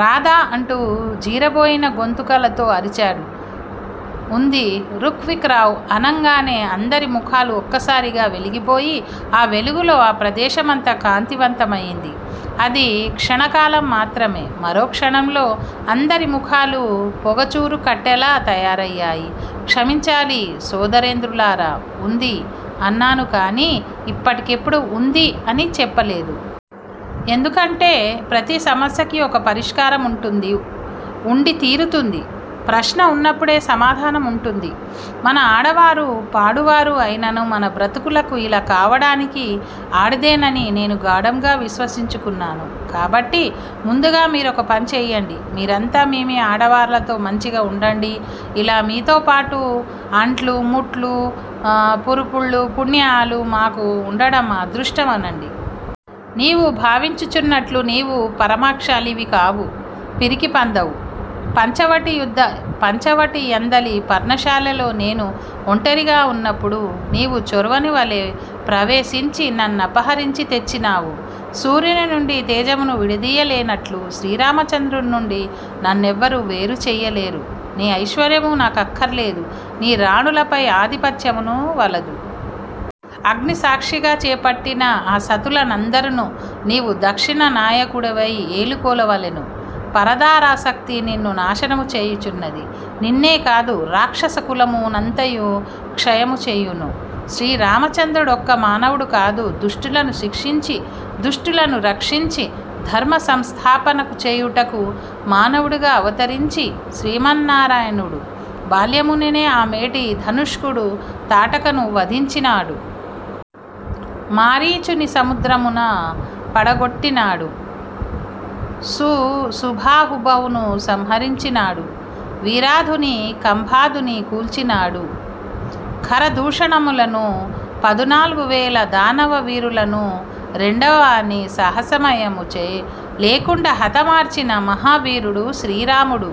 రాదా! అంటూ జీరబోయిన గొంతుకలతో అరిచారు. ఉంది రుక్ విక్ రావు అనంగానే అందరి ముఖాలు ఒక్కసారిగా వెలిగిపోయి ఆ వెలుగులో ఆ ప్రదేశమంతా కాంతివంతమైంది. అది క్షణకాలం మాత్రమే. మరో క్షణంలో అందరి ముఖాలూ పొగచూరుకట్టెల్లా తయారయ్యాయి. క్షమించాలి సోదరేంద్రులారా! వుంది అన్నానుగాని ఇప్పటికిప్పుడే వుంది అని చెప్పలేదు. ఎందుకంటే ప్రతిసమస్యకి ఒక పరిష్కారముంటుంది వుండి తీరుతుంది. ప్రశ్న వున్నప్పుడే సమాధానమూ వుంటుంది. మన ఆడవారు పాడువారు అయినను మన బ్రతుకులు యిలా కావటానికి ఆడదేనని నేను గాఢముగా విశ్వసించుచున్నాను కాబట్టి ముందుగా మీరొక పని చెయ్యండి. మీరంతా మీమీ ఆడవారలతో మంచిగా వుండండి. ఇలా మీతో పాటు అంట్లు-ముట్లు పురుళ్ళు పుణ్యాలూ మాకు వుండటం మా అదృష్టం అనండి. నీవు భావించుచున్నట్లు నీవు పరాక్రమశాలివి కావు; పిరికిపందవు! పంచవటి యందలి పర్ణశాలలో నేను ఒంటరిగా నున్నప్పుడు నీవు చోరుని వలె ప్రవేశించి నన్నపహరించి తెచ్చినావు! సూర్యుని నుండి తేజమును విడదీయలేనట్లు శ్రీరామచంద్రుని నుండి నన్నెవరును వేరు చేయలేరు. నీ ఐశ్వర్యము నాకక్కరలేదు. నీ రాణులపై ఆధిపత్యమును వలదు. అగ్నిసాక్షిగ చేపట్టిన ఆ సతులనందరనూ నీవు దక్షిణ నాయకుడవై ఏలుకొనవలెను పరదారాసక్తి నిన్ను నాశనము చేయనున్నది. నిన్నే కాదు, రాక్షస కులము నంతను క్షయముచేయును. శ్రీరామచంద్రుడు బక్క మానవుడు కాదు; దుష్టులను శిక్షించి, దుష్టులను రక్షించి ధర్మ సంస్థాపనము చేయుటకు మానవుడుగా అవతరించిన శ్రీమన్నారాయణుడు! బాల్యముననే ఆ మేటి ధానుష్కుడు తాటకను వధించినాడు. మారీచుని సముద్రమున పడగొట్టినాడు. సుబాహువును సంహారించినాడు. విరాధునీ కంబధునీ కూల్చినాడు. ఖరదూషణులనూ పదునాలుగువేల దానవ వీరులనూ రెండవవాని సాహాసవయము లేకుండ హతమార్చిన మహావీరుడు శ్రీరాముడు!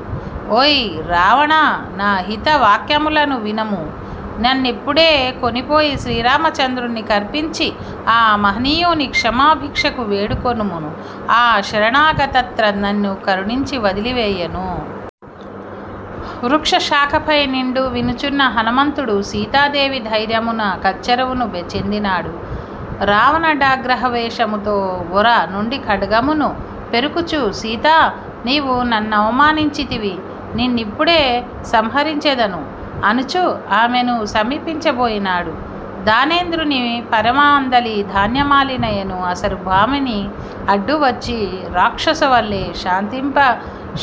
ఓయీ రావణా నా హిత వాక్యములను వినము. నన్నిప్పుడే కొనిపోయి శ్రీరామచంద్రుని కర్పించి ఆ మహనీయుని క్షమాభిక్షణు వేడుకొనుము. ఆ శరణాగత త్రాత నిన్ను కరుణించి వదలివేయును. వృక్షశాఖపై నుండి వినుచున్న హనుమంతుడు సీతాదేవి ధైర్యమున కచ్చెరువును చెందినాడు. రావణుడాగ్రహావేశముతో ఒఱ నుండి ఖడ్గమును పెఱుకుచూ సీతా, నీవు నన్నవమానించితివి! నిన్నిప్పుడే సంహరించెదను! అనుచు ఆమెను సమీపించబోయినాడు. దానవేంద్రుని పరివారమందలి 'ధాన్యమాలిని' యను అసుర భామిని అడ్డువచ్చి రక్షోవల్లభా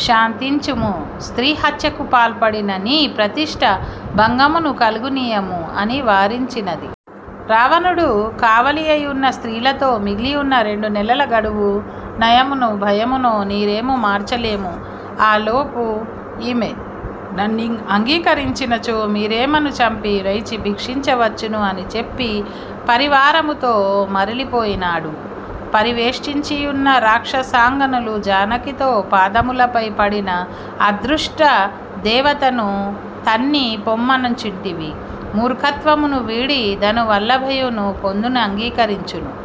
శాంతించుము, స్త్రీ హత్యకు పాల్పడి నీ ప్రతిష్ఠ భంగమును కలుగనీయకుము అని వారించినది. రావణుడు కావలియున్న స్త్రీలతో, మిగిలియున్న రెండు నెలల గడువు నయముననో భయముననో మీరామెను మార్చవలెను. ఆలోపున ఈమె నన్నంగీకరించనిచో మీరీమెను చంపి వైచి భక్షించవచ్చును అని చెప్పి పరివారముతో మరలిపోయినాడు. పరివేష్టించియున్న రాక్షసాంగనలు జానకితో పాదములపై పడిన అదృష్ట దేవతను తన్ని పొమ్మనుచుంటివి? మూర్ఖత్వమును వీడి దనుజ వల్లభుని పొందునకంగీకరించుము.